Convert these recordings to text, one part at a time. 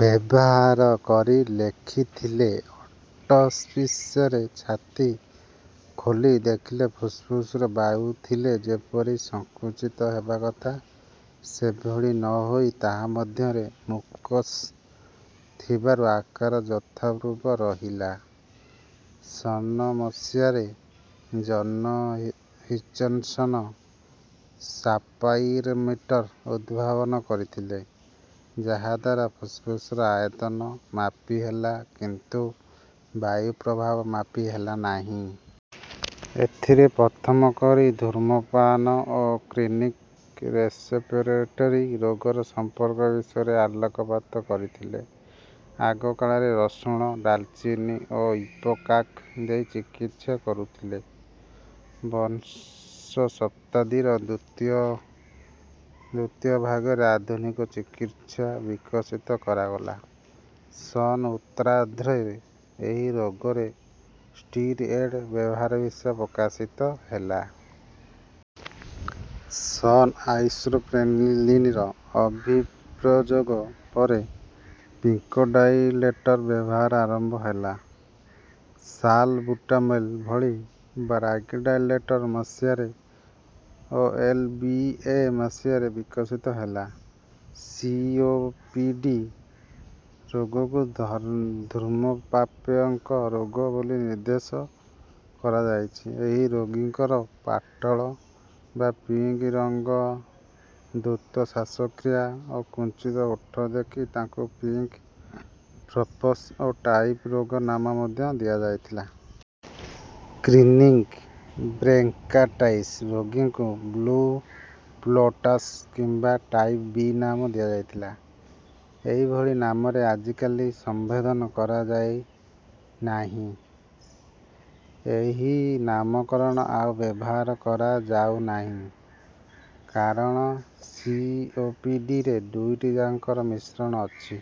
ବ୍ୟବହାର କରି ଲେଖିଥିଲେ ଅଟୋପ୍ସିରେ ଛାତି ଖୋଲି ଦେଖିଲେ ଫୁସଫୁସରେ ବାୟୁ ଥିଲେ ଯେପରି ସଙ୍କୁଚିତ ହେବା କଥା ସେଭଳି ନ ହୋଇ ତାହା ମଧ୍ୟରେ ମ୍ୟୁକସ ଥିବାରୁ ଆକାର ଯଥାପୂର୍ବ ରହିଲା। ସନ ମସିହାରେ ଜନ ହଚିନସନ ସ୍ପାଇରୋମିଟର ଉଦ୍ଭାବନ କରିଥିଲେ ଯାହାଦ୍ୱାରା ଫୁସଫୁସର ଆୟତନ ମାପି ହେଲା କିନ୍ତୁ ବାୟୁପ୍ରବାହ ମାପି ହେଲା ନାହିଁ। ଏଥିରେ ପ୍ରଥମ କରି ଧୂମ୍ରପାନ ଓ କ୍ରନିକ ରେସପିରେଟରୀ ରୋଗର ସମ୍ପର୍କ ବିଷୟରେ ଆଲୋକପାତ କରିଥିଲେ। ଆଗ କାଳରେ ରସୁଣ ଡାଲଚିନି ଓ ଇପେକାକ ଦେଇ ଚିକିତ୍ସା କରୁଥିଲେ। ବିଂଶ ଶତାବ୍ଦୀର ଦ୍ୱିତୀୟ ଭାଗରେ ଆଧୁନିକ ଚିକିତ୍ସା ବିକଶିତ କରାଗଲା। ସନ ଉତ୍ତରାର୍ଦ୍ଧରେ ଏହି ରୋଗରେ ଷ୍ଟିରଏଡ ବ୍ୟବହାର ବିଷୟ ପ୍ରକାଶିତ ହେଲା। ସନ ଆଇସୋପ୍ରେନାଲିନର ଅଭିପ୍ରଯୋଗ ପରେ ବ୍ରଙ୍କୋଡାଇଲେଟର ବ୍ୟବହାର ଆରମ୍ଭ ହେଲା। ସାଲବୁଟାମୋଲ ଭଳି ବ୍ରଙ୍କୋଡାଇଲେଟର ମସିହାରେ ଓ ଏଲଏବିଏ ମସିହାରେ ବିକଶିତ ହେଲା। ସିଓପିଡି ରୋଗକୁ ଧୂମ୍ରପାୟୀଙ୍କ ରୋଗ ବୋଲି ନିର୍ଦ୍ଦେଶ କରାଯାଇଛି। ଏହି ରୋଗୀଙ୍କର ପାଟଳ ବା ପିଙ୍କ ରଙ୍ଗ ଦ୍ରୁତ ଶ୍ୱାସକ୍ରିୟା ଓ କୁଞ୍ଚିତ ଓଠ ଦେଖି ତାଙ୍କୁ ପିଙ୍କ ପଫର୍ସ ଓ ଟାଇପ ଏ ରୋଗ ନାମ ମଧ୍ୟ ଦିଆଯାଇଥିଲା। କ୍ରନିକ ବ୍ରୋଙ୍କାଇଟିସ ରୋଗୀଙ୍କୁ ବ୍ଲୁ ବ୍ଲୋଟର୍ସ କିମ୍ବା ଟାଇପ ବି ନାମ ଦିଆଯାଇଥିଲା। ଏହି ଭଳି ନାମରେ ଆଜିକାଲି ସମ୍ବୋଧନ କରାଯାଉ ନାହିଁ। ଏହି ନାମକରଣ ଆଉ ବ୍ୟବହାର କରାଯାଉ ନାହିଁ କାରଣ ସିଓପିଡିରେ ଦୁଇଟି ଯାକର ମିଶ୍ରଣ ଅଛି।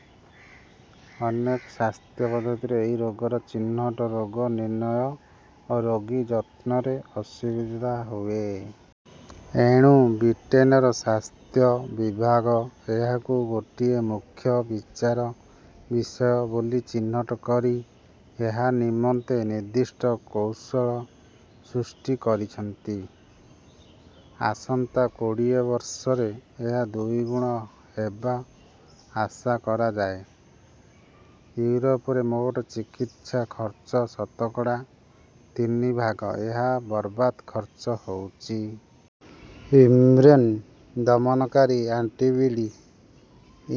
ଅନେକ ସ୍ୱାସ୍ଥ୍ୟ ପଦ୍ଧତିରେ ଏହି ରୋଗର ଚିହ୍ନଟ ରୋଗ ନିର୍ଣ୍ଣୟ ଓ ରୋଗୀ ଯତ୍ନରେ ଅସୁବିଧା ହୁଏ। ଏଣୁ ବ୍ରିଟେନର ସ୍ୱାସ୍ଥ୍ୟ ବିଭାଗ ଏହାକୁ ଗୋଟିଏ ମୁଖ୍ୟ ବିଚାର ବିଷୟ ବୋଲି ଚିହ୍ନଟ କରି ଏହା ନିମନ୍ତେ ନିର୍ଦ୍ଦିଷ୍ଟ କୌଶଳ ସୃଷ୍ଟି କରିଛନ୍ତି। ଆସନ୍ତା କୋଡ଼ିଏ ବର୍ଷରେ ଏହା ଦୁଇ ଗୁଣ ହେବା ଆଶା କରାଯାଏ। ୟୁରୋପରେ ମୋଟ ଚିକିତ୍ସା ଖର୍ଚ୍ଚର ଶତକଡ଼ା ତିନି ଭାଗ ଏହା ବାବଦ ଖର୍ଚ୍ଚ ହଉଛି। ଇମ୍ୟୁନ ଦମନକାରୀ ଆଣ୍ଟିବଡି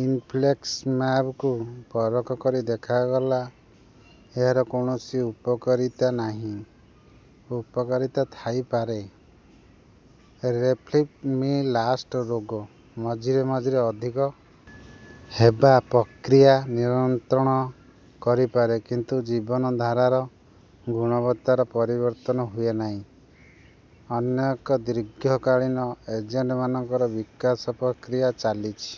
ଇନଫ୍ଲିକ୍ସିମ୍ୟାବକୁ ପରଖ କରି ଦେଖାଗଲା ଏହାର କୌଣସି ଉପକାରିତା ନାହିଁ ଅପକାରିତା ଥାଇପାରେ। ରୋଫ୍ଲୁମିଲାଷ୍ଟ ରୋଗ ମଝିରେ ମଝିରେ ଅଧିକ ହେବା ପ୍ରକ୍ରିୟା ନିୟନ୍ତ୍ରଣ କରିପାରେ କିନ୍ତୁ ଜୀବନଧାରାର ଗୁଣବତ୍ତାର ପରିବର୍ତ୍ତନ ହୁଏ ନାହିଁ। ଅନେକ ଦୀର୍ଘକାଳୀନ ଏଜେଣ୍ଟମାନଙ୍କର ବିକାଶ ପ୍ରକ୍ରିୟା ଚାଲିଛି।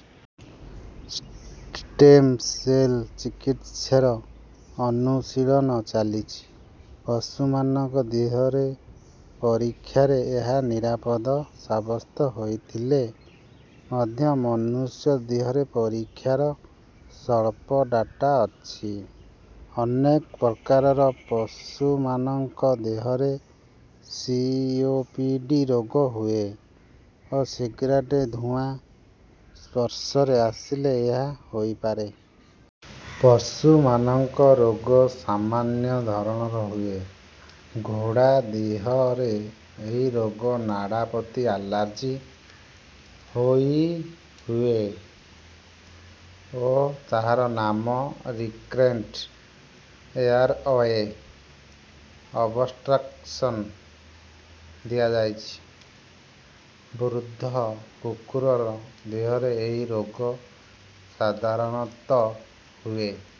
ଷ୍ଟେମ ସେଲ ଚିକିତ୍ସାର ଅନୁଶୀଳନ ଚାଲିଛି। ପଶୁମାନଙ୍କ ଦେହର ପରୀକ୍ଷାରେ ଏହା ନିରାପଦ ସାବ୍ୟସ୍ତ ହୋଇଥିଲେ ମଧ୍ୟ ମନୁଷ୍ୟ ଦେହ ପରୀକ୍ଷାର ସ୍ୱଳ୍ପ ଡାଟା ଅଛି। ଅନେକ ପ୍ରକାରର ପଶୁମାନଙ୍କ ଦେହରେ ସିଓପିଡି ରୋଗ ହୁଏ ଓ ସିଗାରେଟ ଧୂଆଁ ସଂସ୍ପର୍ଶରେ ଆସିଲେ ଏହା ହୋଇପାରେ। ପଶୁମାନଙ୍କ ରୋଗ ସାମାନ୍ୟ ଧରଣର ହୁଏ। ଘୋଡ଼ା ଦେହରେ ଏହି ରୋଗ ନଡ଼ା ପ୍ରତି ଆଲର୍ଜି ହୋଇ ହୁଏ ଓ ତାହାର ନାମ ରିକରେଣ୍ଟ ଏୟାରୱେ ଅବଷ୍ଟ୍ରକସନ ଦିଆଯାଇଛି। ବୃଦ୍ଧ କୁକୁର ଦେହରେ ଏହି ରୋଗ ସାଧାରଣତଃ ହୁଏ।